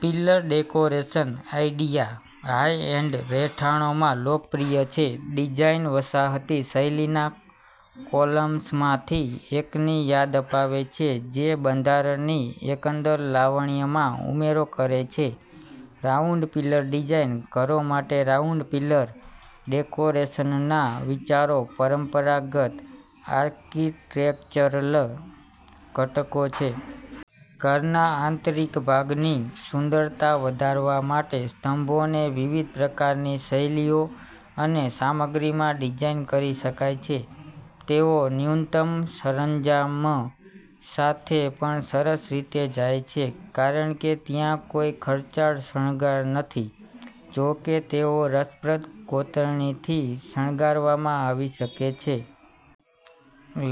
Pillar decoration idea high end રહેઠાણોમાં લોકપ્રિય છે. ડિઝાઇન વસાહતી શૈલીના કૉલમ્સમાંથી એકની યાદ અપાવે છે જે બંધારણની એકંદર લાવણ્યમાં ઉમેરો કરે છે. રાઉન્ડ પિલર ડિઝાઇન, ઘરો માટે રાઉન્ડ પિલર ડેકોરેશનના વિચારો પરંપરાગત આર્કિટેક્ચરલ ઘટકો છે. ઘરના આંતરિક ભાગની સુંદરતા વધારવા માટે સ્તંભોને વિવિધ પ્રકારની શૈલીઓ અને સામગ્રીમાં ડિઝાઇન કરી શકાય છે. તેઓ ન્યૂનતમ સરંજામ સાથે પણ સરસ રીતે જાય છે કારણ કે ત્યાં કોઈ ખર્ચાળ શણગાર નથી. જો કે, તેઓ રસપ્રદ કોતરણીથી શણગારવામાં આવી શકે છે.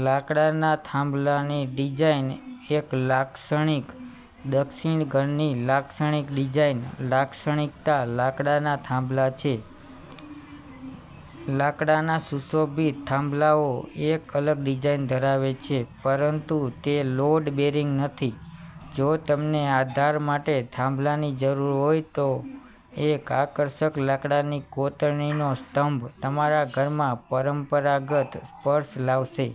લાકડાના થાંભલાની ડિઝાઇન એક લાક્ષણિક દક્ષિણ ઘરની લાક્ષણિક ડિઝાઇન લાક્ષણિકતા લાકડાના થાંભલા છે. લાકડાના સુશોભિત થાંભલાઓ એક અલગ ડિઝાઇન ધરાવે છે પરંતુ તે લોડ બેરિંગ નથી. જો તમને આધાર માટે થાંભલાની જરૂર હોય તો એક આકર્ષક લાકડાની કોતરણીનો સ્તંભ તમારા ઘરમાં પરંપરાગત સ્પર્શ લાવશે.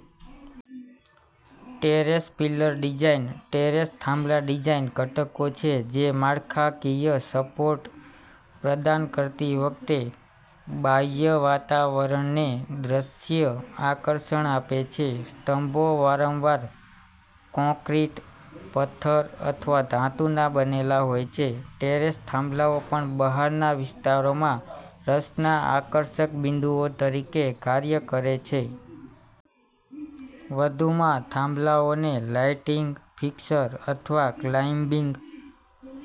ટેરેસ પિલર ડિઝાઇન ટેરેસ થાંભલા ડિઝાઇન ઘટકો છે જે માળખાકીય સપોર્ટ પ્રદાન કરતી વખતે બાહ્ય વાતાવરણને દ્રશ્ય આકર્ષણ આપે છે. સ્તંભો વારંવાર કોંક્રિટ, પથ્થર અથવા ધાતુના બનેલા હોય છે. ટેરેસ થાંભલાઓ પણ બહારના વિસ્તારોમાં રસના આકર્ષક બિંદુઓ તરીકે કાર્ય કરે છે. વધુમાં, થાંભલાઓને લાઇટિંગ ફિક્સર અથવા ક્લાઇમ્બિંગ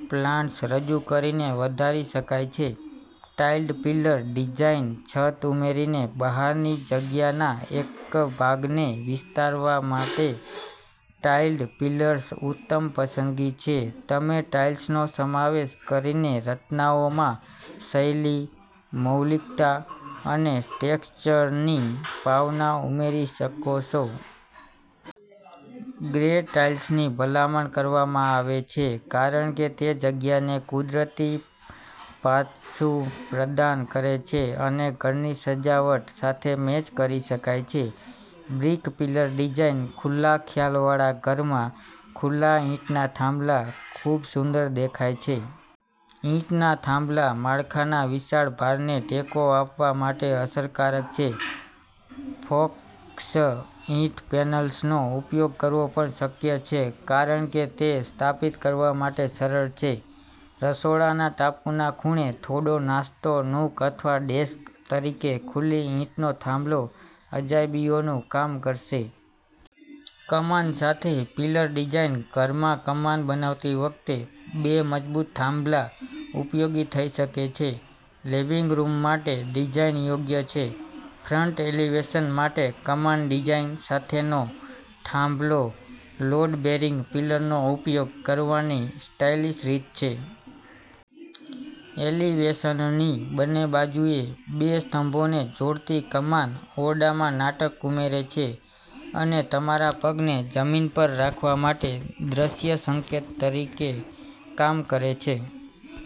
પ્લાન્ટ્સ રજૂ કરીને વધારી શકાય છે. ટાઇલ્ડ પિલર ડિઝાઇન છત ઉમેરીને બહારની જગ્યાના એક ભાગને વિસ્તારવા માટે ટાઇલ્ડ પિલર્સ ઉત્તમ પસંદગી છે. તમે ટાઇલ્સનો સમાવેશ કરીને રચનાઓમાં શૈલી, મૌલિકતા અને ટેક્સચરની ભાવના ઉમેરી શકો છો. ગ્રે ટાઇલ્સની ભલામણ કરવામાં આવે છે કારણ કે તે જગ્યાને કુદરતી પાસું પ્રદાન કરે છે અને ઘરની સજાવટ સાથે મેચ કરી શકાય છે. બ્રિક પિલર ડિઝાઇન ખુલ્લા ખ્યાલવાળા ઘરમાં, ખુલ્લા ઈંટના થાંભલા ખૂબ સુંદર દેખાય છે. ઈંટના થાંભલા માળખાના વિશાળ ભારને ટેકો આપવા માટે અસરકારક છે. ફોક્સ ઈંટ પેનલ્સનો ઉપયોગ કરવો પણ શક્ય છે કારણ કે તે સ્થાપિત કરવા માટે સરળ છે. રસોડાના ટાપુના ખૂણે થોડો નાસ્તો નૂક અથવા ડેસ્ક તરીકે ખુલ્લી ઈંટનો થાંભલો અજાયબીઓનું કામ કરશે. કમાન સાથે પિલર ડિઝાઇન ઘરમાં કમાન બનાવતી વખતે, બે મજબૂત થાંભલા ઉપયોગી થઈ શકે છે. લિવિંગ રૂમ માટે ડિઝાઇન યોગ્ય છે. ફ્રન્ટ એલિવેશન માટે કમાન ડિઝાઇન સાથેનો થાંભલો લોડ બેરિંગ પિલરનો ઉપયોગ કરવાની સ્ટાઇલિશ રીત છે. એલિવેશનની બંને બાજુએ બે સ્તંભોને જોડતી કમાન ઓરડામાં નાટક ઉમેરે છે અને તમારા પગને જમીન પર રાખવા માટે દ્રશ્ય સંકેત તરીકે કામ કરે છે.